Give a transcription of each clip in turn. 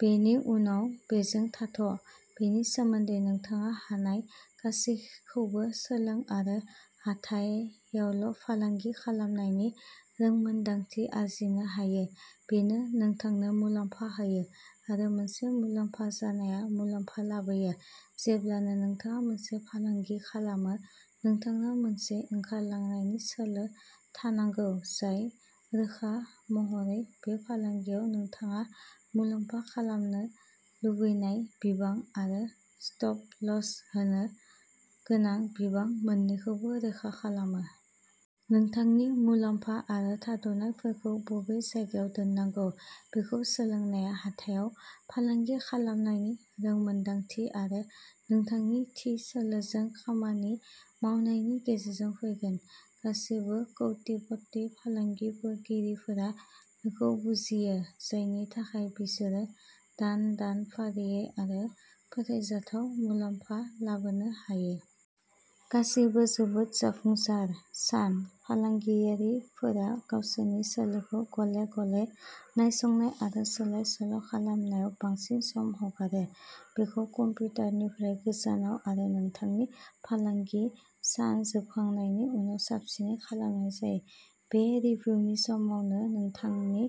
बेनि उनाव बेजों थाथ'। बेनि सोमोन्दै नोंथाङा हानाय गासैबोखौ सोलों आरो बै हाथायावल'फालांगि खालामनायनि रोंमोनदांथि आरजिनो हायो। बेनो नोंथांनो मुलाम्फा होयो, आरो मोनसे मुलाम्फा जानाया मुलाम्फा लाबोयो। जेब्लानो नोंथाङा मोनसे फालांगि खालामो, नोंथांनाव मोनसे ओंखारलांनायनि सोलो थानांगौ जाय रोखा महरै बे फालांगियाव नोंथाङा मुलाम्फा खालामनो लुबैनाय बिबां आरो स्टप लस होनो गोनां बिबां मोन्नैखौबो रोखा खालामो। नोंथांनि मुलाम्फा आरो थाद'नायफोरखौ बबे जायगायाव दोननांगौ बेखौ सोलोंनाया हाथायाव फालांगि खालामनायनि रोंमोनदांथि आरो नोंथांनि थि सोलोजों खामानि मावनायनि गेजेरजों फैगोन। गासैबो कौटिपति फालांगियारिफोरा बेखौ बुजियो, जायनि थाखाय बिसोरो दान-दान फारियै आरो फोथायजाथाव मुलाम्फा लाबोनो हायो। गासैबो जोबोद जाफुंसार सान फालांगियारिफोरा गावसोरनि सोलोखौ गले-गले नायसंनाय आरो सोलाय-सोल'खालामनायाव बांसिन सम हगारो। बेखौ कम्पिउटारनिफ्राय गोजानाव आरो नोंथांनि फालांगि सान जोबखांनायनि उनाव साबसिनै खालामनाय जायो। बे रिभिउनि समावनो नोंथांनि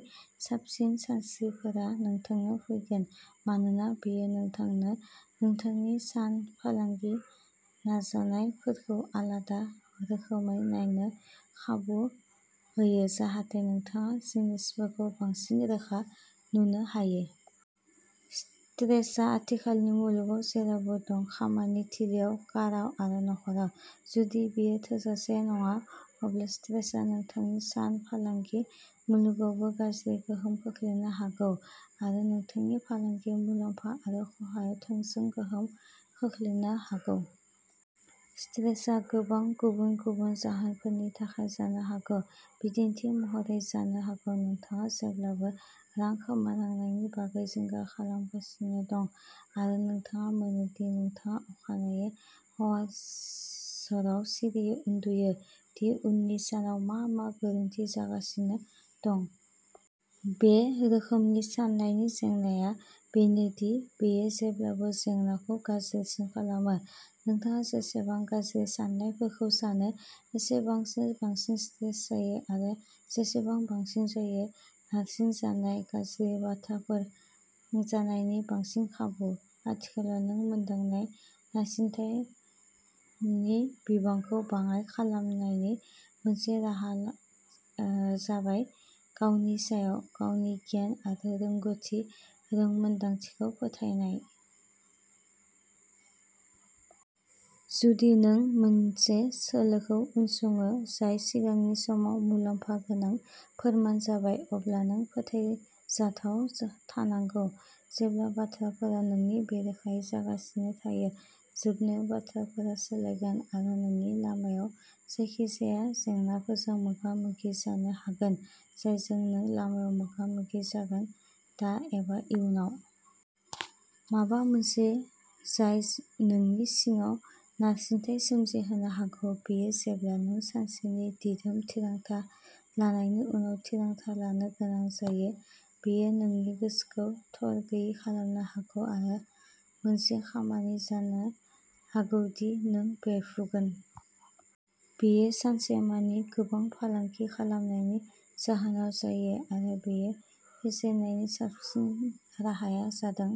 साबसिन सानस्रिफोरा नोंथांनाव फैगोन, मानोना बेयो नोंथांनो नोंथांनि सान फालांगि नाजानायफोरखौ आलादा रोखोमै नायनो खाबु होयो जाहाथे नोंथाङा जिनिसफोरखौ बांसिन रोखा नुनो हायो। स्ट्रेसआ आथिखालनि मुलुगाव जेरावबो दं। खामानि थिलिआव, काराव, आरो नख'राव। जुदि बेयो थोजासे नङा, अब्ला स्ट्रेसआ नोंथांनि सान फालांगि मुलुगावबो गाज्रि गोहोम खोख्लैनो हागौ, आरो नोंथांनि फालांगि मुलाम्फा आरो खहायाव थोंजों गोहोम खोख्लैनो हागौ। स्ट्रेसआ गोबां गुबुन-गुबुन जाहोनफोरनि थाखाय जानो हागौ। बिदिन्थि महरै, जानो हागौ नोंथाङा जेब्लाबो रां खोमानांनायनि बागै जिंगा खालामगासिनो दं, आरो नोंथाङा मोनो दि नोंथाङा अखानायै हराव सिरियै उन्दुयो दि उननि सानाव मा मा गोरोन्थि जागासिनो दं? बे रोखोमनि साननायनि जेंनाआ बेनो दि बेयो जेब्लाबो जेंनाखौ गाज्रिसिन खालामो। नोंथाङा जेसेबां गाज्रि साननायफोरखौ सानो, एसेबांनो बांसिन स्ट्रेस जायो, आरो जेसेबां बांसिन जायो। नारसिनजानाय, गाज्रि बाथ्राफोर जानायनि बांसिन खाबु। आथिखालाव नों मोनदांनाय नारसिनथायनि बिबांखौ बाङाइ खालामनायनि मोनसे राहाया जाबाय गावनि सायाव, गावनि गियान आरो गावनि रोंमोन्दांथिखौ फोथायनाय। जुदि नों मोनसे सोलोखौ उनसङो जाय सिगांनि समाव मुलाम्फा गोनां फोरमान जाबाय, अब्ला नों फोथायजाथाव थानांगौ, जेब्ला बाथ्राफोरा नोंनि बेरेखायै जागासिनो थायो। जोबनायाव बाथ्राफोरा सोलायगोन, आरो नों लामायाव जायखिजाया जेंनाफोरजों मोगा-मोगि जानो हागोन, जायजों नों लामायाव मोगा-मोगि जागोन, दा एबा इयुनाव। माबा मोनसे जाय नोंनि सिङाव नारसिनथाय सोमजिहोनो हागौ, बेयो जेब्ला नों सानसेमानि दिदोम थिरांथा लानायनि उनाव थिरांथा लानो गोनां जायो। बेयो नोंनि गोसोखौ थरगैयि खालामनो हागौ आरो मोनसे मोन्दांथि जाहोनो हागौ दि नों बेरफ्रुगोन। बेयो सानसेमानि गोबां फालांगि खालामनायनि जाहोनाव जायो, आरो बेखौ फेजेननायनि साबसिन राहाया जादों